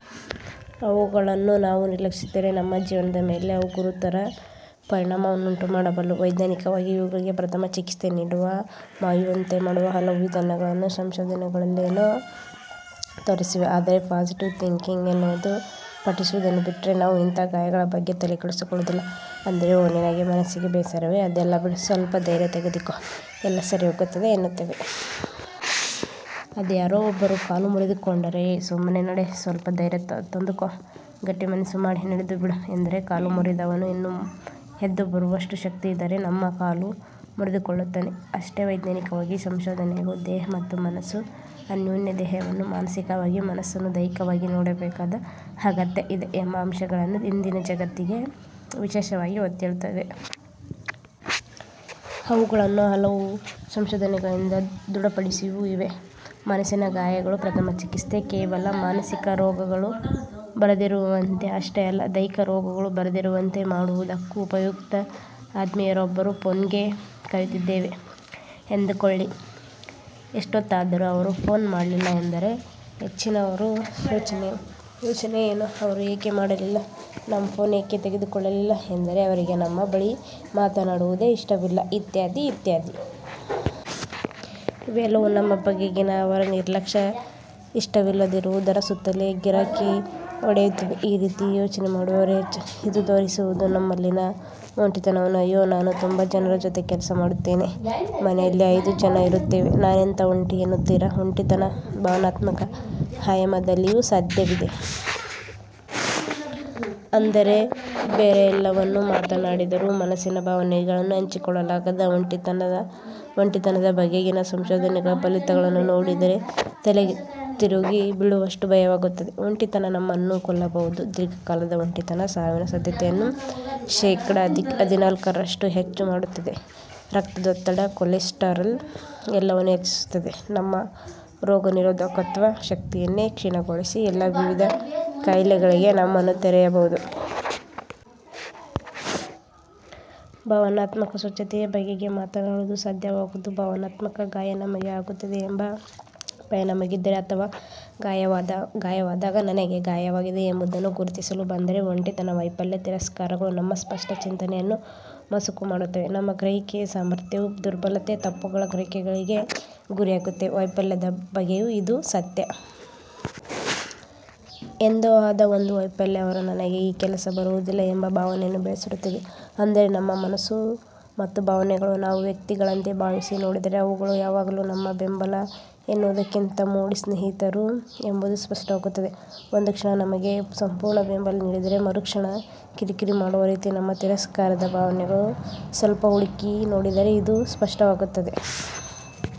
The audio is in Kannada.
ಅವುಗಳನ್ನು ನಾವು ನಿರ್ಲಕ್ಷಿಸಿದರೆ ನಮ್ಮ ಜೀವನದ ಮೇಲೆ ಅವು ಗುರುತರ ಪರಿಣಾಮವನ್ನುಂಟುಮಾಡಬಲ್ಲವು. ವೈಜ್ಞಾನಿಕವಾಗಿ ಇವುಗಳಿಗೆ ಪ್ರಥಮ ಚಿಕಿತ್ಸೆ ನೀಡುವ, ಮಾಯುವಂತೆ ಮಾಡುವ ಹಲವು ವಿಧಾನಗಳನ್ನು ಸಂಶೋಧನೆಗಳೇನೋ ತೋರಿಸಿವೆ. ಆದರೆ 'ಪಾಸಿಟಿವ್ ಥಿಂಕಿಂಗ್' ಎನ್ನುವುದನ್ನು ಪಠಿಸುವುದನ್ನು ಬಿಟ್ಟರೆ, ನಾವು ಇಂತಹ ಗಾಯಗಳ ಬಗ್ಗೆ ತಲೆಕೆಡಿಸಿಕೊಳ್ಳುವುದಿಲ್ಲ. ಅಂದರೆ 'ಓ ನಿನಗೆ ಮನಸ್ಸಿಗೆ ಬೇಸರವೆ ಅದೆಲ್ಲಾ ಬಿಡು, ಸ್ವಲ್ಪ ಧೈರ್ಯ ತೆಗೆದುಕೋ, ಎಲ್ಲಾ ಸರಿ ಹೋಗುತ್ತದೆ' ಎನ್ನುತ್ತೇವೆ. ಅದೇ ಯಾರೋ ಒಬ್ಬರು ಕಾಲು ಮುರಿದುಕೊಂಡರೆ 'ಏ ಸುಮ್ಮನೇ ನಡೆ, ಸ್ವಲ್ಪ ಧೈರ್ಯ ತಂದುಕೋ, ಗಟ್ಟಿ ಮನಸ್ಸು ಮಾಡಿ ನಡೆದು ಬಿಡು' ಎಂದರೆ ಕಾಲು ಮುರಿದವನು ಇನ್ನೂ ಎದ್ದು ಬರುವಷ್ಟು ಶಕ್ತಿಯಿದ್ದರೆ ನಮ್ಮ ಕಾಲು ಮುರಿದುಕೊಳ್ಳುತ್ತಾನೆ, ಅಷ್ಟೆ. ವೈಜ್ಞಾನಿಕ ಸಂಶೋಧನೆಗಳು ದೇಹ ಮತ್ತು ಮನಸ್ಸು ಅನ್ಯೋನ್ಯ, ದೇಹವನ್ನು ಮಾನಸಿಕವಾಗಿ, ಮನಸ್ಸನ್ನು ದೈಹಿಕವಾಗಿ ನೋಡಬೇಕಾದ ಅಗತ್ಯ ಇದೆ ಎಂಬ ಅಂಶಗಳನ್ನು ಇಂದಿನ ಜಗತ್ತಿಗೆ ವಿಶೇಷವಾಗಿ ಒತ್ತಿ ಹೇಳುತ್ತಿವೆ. ಅವುಗಳನ್ನು ಹಲವು ಸಂಶೋಧನೆಗಳಿಂದ ದೃಢಪಡಿಸಿಯೂ ಇವೆ. ಮನಸ್ಸಿನ ಗಾಯಗಳ 'ಪ್ರಥಮ ಚಿಕಿತ್ಸೆ' ಕೇವಲ ಮಾನಸಿಕ ರೋಗಗಳು ಬರದಿರುವಂತೆ ಅಷ್ಟೇ ಅಲ್ಲ, ದೈಹಿಕ ರೋಗಗಳು ಬರದಿರುವಂತೆ ಮಾಡುವುದಕ್ಕೂ ಉಪಯುಕ್ತ. ಆತ್ಮೀಯರೊಬ್ಬರ ಫೋನ್ಗೆ ಕಾಯುತ್ತಿದ್ದೇವೆ, ಎಂದುಕೊಳ್ಳಿ, ಎಷ್ಟೊತ್ತಾದರೂ ಅವರು ಫೋನ್ ಮಾಡಲಿಲ್ಲ ಎಂದರೆ ಹೆಚ್ಚಿನವರ ಯೋಚನೆ ಏನು? ಅವರು ಏಕೆ ಮಾಡಲಿಲ್ಲ, ನಮ್ಮ ಫೋನ್ ಏಕೆ ತೆಗೆದುಕೊಳ್ಳಲಿಲ್ಲ, ಎಂದರೆ ಅವರಿಗೆ ನಮ್ಮ ಬಳಿ ಮಾತನಾಡುವುದೇ ಇಷ್ಟವಿಲ್ಲ ಇತ್ಯಾದಿ ಇತ್ಯಾದಿ. ಇವೆಲ್ಲವೂ ನಮ್ಮ ಬಗೆಗಿನ ಅವರ 'ನಿರ್ಲಕ್ಷ್ಯ', 'ಇಷ್ಟವಿಲ್ಲದಿರುವುದರ' ಸುತ್ತಲೇ ಗಿರಕಿ ಹೊಡೆಯುತ್ತವೆ. ಈ ರೀತಿ ಯೋಚನೆ ಮಾಡುವವರೇ ಹೆಚ್ಚು. ಇದು ತೋರಿಸುವುದು ನಮ್ಮಲ್ಲಿನ 'ಒಂಟಿತನ'ವನ್ನು. 'ಅಯ್ಯೋ ನಾನು ತುಂಬಾ ಜನರ ಜೊತೆ ಕೆಲಸ ಮಾಡುತ್ತೇನೆ, ಮನೆಯಲ್ಲಿ ಐದು ಜನ ಇರುತ್ತೇವೆ ನಾನೆಂಥ ಒಂಟಿ' ಎನ್ನುತ್ತೀರಾ 'ಒಂಟಿತನ' ಭಾವನಾತ್ಮಕ ಆಯಾಮದಲ್ಲಿಯೂ ಸಾಧ್ಯವಿದೆ. ಅಂದರೆ ಬೇರೆಲ್ಲವನ್ನೂ ಮಾತನಾಡಿದರೂ, ಮನಸ್ಸಿನ ಭಾವನೆಗಳನ್ನು ಹಂಚಿಕೊಳ್ಳಲಾಗದ 'ಒಂಟಿತನ'. 'ಒಂಟಿತನ'ದ ಬಗೆಗಿನ ಸಂಶೋಧನೆಗಳ ಫಲಿತಗಳನ್ನು ನೋಡಿದರೆ ತಲೆತಿರುಗಿ ಬೀಳುವಷ್ಟು ಭಯವಾಗುತ್ತದೆ ಒಂಟಿತನ ನಮ್ಮನ್ನು ಕೊಲ್ಲಬಹುದು. ದೀರ್ಘಕಾಲದ ಒಂಟಿತನ ಸಾವಿನ ಸಾಧ್ಯತೆಯನ್ನು ಶೇಖಡ ಹದಿನಾಲ್ಕರಷ್ಟು ಹೆಚ್ಚು ಮಾಡುತ್ತದೆ ರಕ್ತದೊತ್ತಡ, ಕೊಲೆಸ್ಟರಾಲ್ ಎಲ್ಲವನ್ನೂ ಹೆಚ್ಚಿಸುತ್ತದೆ. ನಮ್ಮ ರೋಗನಿರೋಧಕತ್ವ ಶಕ್ತಿಯನ್ನೇ ಕ್ಷೀಣಗೊಳಿಸಿ, ಎಲ್ಲಾ ವಿಧದ ಕಾಯಿಲೆಗಳಿಗೆ ನಮ್ಮನ್ನು ತೆರೆಯಬಹುದು. ಭಾವನಾತ್ಮಕ ಸ್ವಚ್ಛತೆಯ ಬಗೆಗೆ ಮಾತನಾಡುವುದು ಸಾಧ್ಯವಾಗುವುದು ಭಾವನಾತ್ಮಕ 'ಗಾಯ' ನಮಗೆ ಆಗುತ್ತದೆ ಎಂಬ 'ಭಯ' ನಮಗಿದ್ದರೆ, ಅಥವಾ ಗಾಯವಾದಾಗ 'ನನಗೆ ಗಾಯವಾಗಿದೆ' ಎಂಬುದನ್ನು ಗುರುತಿಸಲು ಬಂದರೆ. ಒಂಟಿತನ, ವೈಫಲ್ಯ, ತಿರಸ್ಕಾರಗಳು ನಮ್ಮ ಸ್ಪಷ್ಟ ಚಿಂತನೆಯನ್ನು ಮಸುಕು ಮಾಡುತ್ತವೆ. ನಮ್ಮ ಗ್ರಹಿಕೆಯ ಸಾಮರ್ಥ್ಯವೂ ದುರ್ಬಲತೆ-ತಪ್ಪುಗ್ರಹಿಕೆಗಳಿಗೆ ಗುರಿಯಾಗುತ್ತವೆ. ವೈಫಲ್ಯದ ಬಗ್ಗೆಯೂ ಇದು ಸತ್ಯ. ಎಂದೋ ಆದ ಒಂದು ವೈಫಲ್ಯ ಅವರ 'ನನಗೆ ಈ ಕೆಲಸ ಬರುವುದಿಲ್ಲ' ಎಂಬ ಭಾವನೆಯನ್ನು ಬೆಳೆಸಿರುತ್ತದೆ. ಅಂದರೆ ನಮ್ಮ ಮನಸ್ಸು ಮತ್ತು ಭಾವನೆಗಳನ್ನು ನಾವು 'ವ್ಯಕ್ತಿ'ಗಳಂತೆ ಭಾವಿಸಿ ನೋಡಿದರೆ ಅವುಗಳು ಯಾವಾಗಲೂ ನಮ್ಮ 'ಬೆಂಬಲ' ಎನ್ನುವುದಕ್ಕಿಂತ 'ಮೂಡಿ' ಸ್ನೇಹಿತರು ಎಂಬುದು ಸ್ಪಷ್ಟವಾಗುತ್ತದೆ. ಒಂದು ಕ್ಷಣ ನಮಗೆ ಸಂಪೂರ್ಣ ಬೆಂಬಲ ನೀಡಿದರೆ, ಮರುಕ್ಷಣ ಕಿರಿಕಿರಿ ಮಾಡುವ ರೀತಿ. ನಮ್ಮ 'ತಿರಸ್ಕಾರ'ದ ಭಾವನೆಗಳನ್ನು ಸ್ವಲ್ಪ ಹುಡುಕಿ ನೋಡಿದರೆ ಇದು ಸ್ಪಷ್ಟವಾಗುತ್ತದೆ.